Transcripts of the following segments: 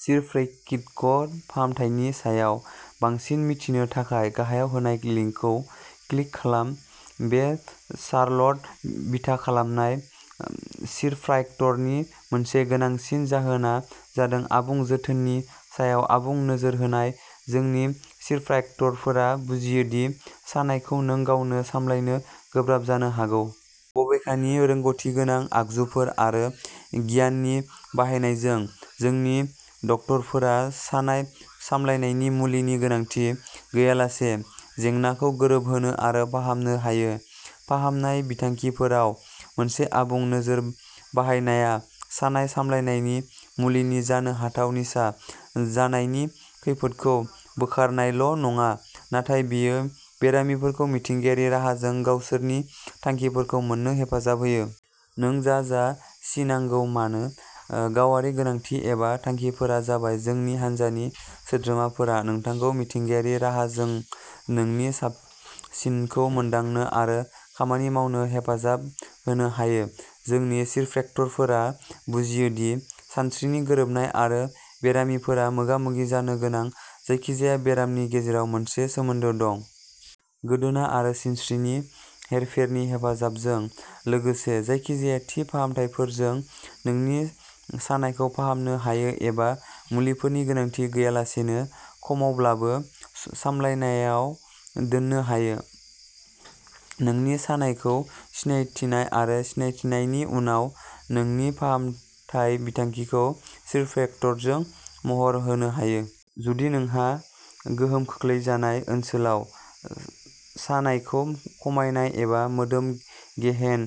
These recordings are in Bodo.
चिरप्रैक्टिक फाहामथायनि सायाव बांसिन मिथिनो थाखाय गाहायाव होनाय लिंकखौ क्लिक खालाम। बे शार्लट बिथा खालामनाय चिरप्र्याक्टरनि मोनसे गोनांसिन जाहोनआ जादों आबुं जोथोननि सायाव आबुं नोजोर होनाय। जोंनि चिरप्र्याक्टरफोरा बुजियो दि सानायखौ नों गावनो सामलायनो गोब्राब जानो हागौ। बबेखानि, रोंग'थिगोनां आगजुफोर आरो गियाननि बाहायनायजों, जोंनि डक्टरफोरा सानाय सामलायनायनि मुलिनि गोनांथि गैयालासे जेंनाखौ गोरोबहोनो आरो फाहामनो हायो। फाहामनाय बिथांखिफोराव मोनसे आबुं नोजोर बाहायनाया सानाय सामलायनायनि मुलिनि जानो हाथाव निसा जानायनि खैफोदखौ बोखारनायल'नङा, नाथाय बेयो बेरामिफोरखौ मिथिंगायारि राहाजों गावसोरनि थांखिफोरखौ मोन्नो हेफाजाब होयो। नों जा जा सिनांगौ मानो। गावारि गोनांथि एबा थांखिफोरा जाबाय, जोंनि हानजानि सोद्रोमाफोरा नोंखौ मिथिंगायारि राहाजों नोंनि साबसिनखौ मोनदांनो आरो खामानि मावनो हेफाजाब होनो हायो। जोंनि चिरप्रेक्टरफोरा बुजियो दि सिनस्रिनि गोरोबनाय आरो बेरामिफोरा मोगा-मोगि जानो गोनां जायखिजाया बेरामनि गेजेराव मोनसे सोमोन्दो दं। गोदोना आरो सिनस्रिनि हेरफेरनि हेफाजाबजों, लोगोसे जायखिजाया थि फाहामथायफोरजों, नोंनि सानायखौ फाहामनो हायो एबा मुलिफोरनि गोनांथि गैयालासेनो खमावब्लाबो सामलायनायाव दोननो हायो। नोंनि सानायखौ सिनायथिनाय आरो सिनायथिनायनि उनाव, नोंनि फाहामथाय बिथांखिखौ चिरप्रेक्टरजों महर होनो हायो। जुदि नोंहा गोहोम खोख्लैजानाय ओनसोलाव सानायखौ खमायनाय एबा मोदोम गेहेन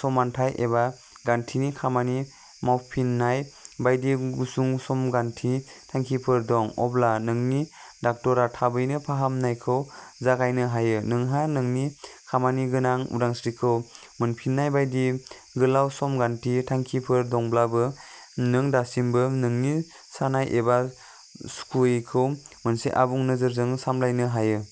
समानथाय एबा गान्थिनि खामानि मावफिन्नाय बायदि गुसुं समगान्थि थांखिफोर दं, अब्ला नोंनि डाक्टारआ थाबैनो फाहामनायखौ जागायनो हायो। नोंहा नोंनि खामानिगोनां उदांस्रिखौ मोनफिननाय बायदि गोलाव समगान्थि थांखिफोर दंब्लाबो, नों दासिमबो नोंनि सानाय एबा सुखुयैखौ मोनसे आबुं नोजोरजों सामलायनो हायो।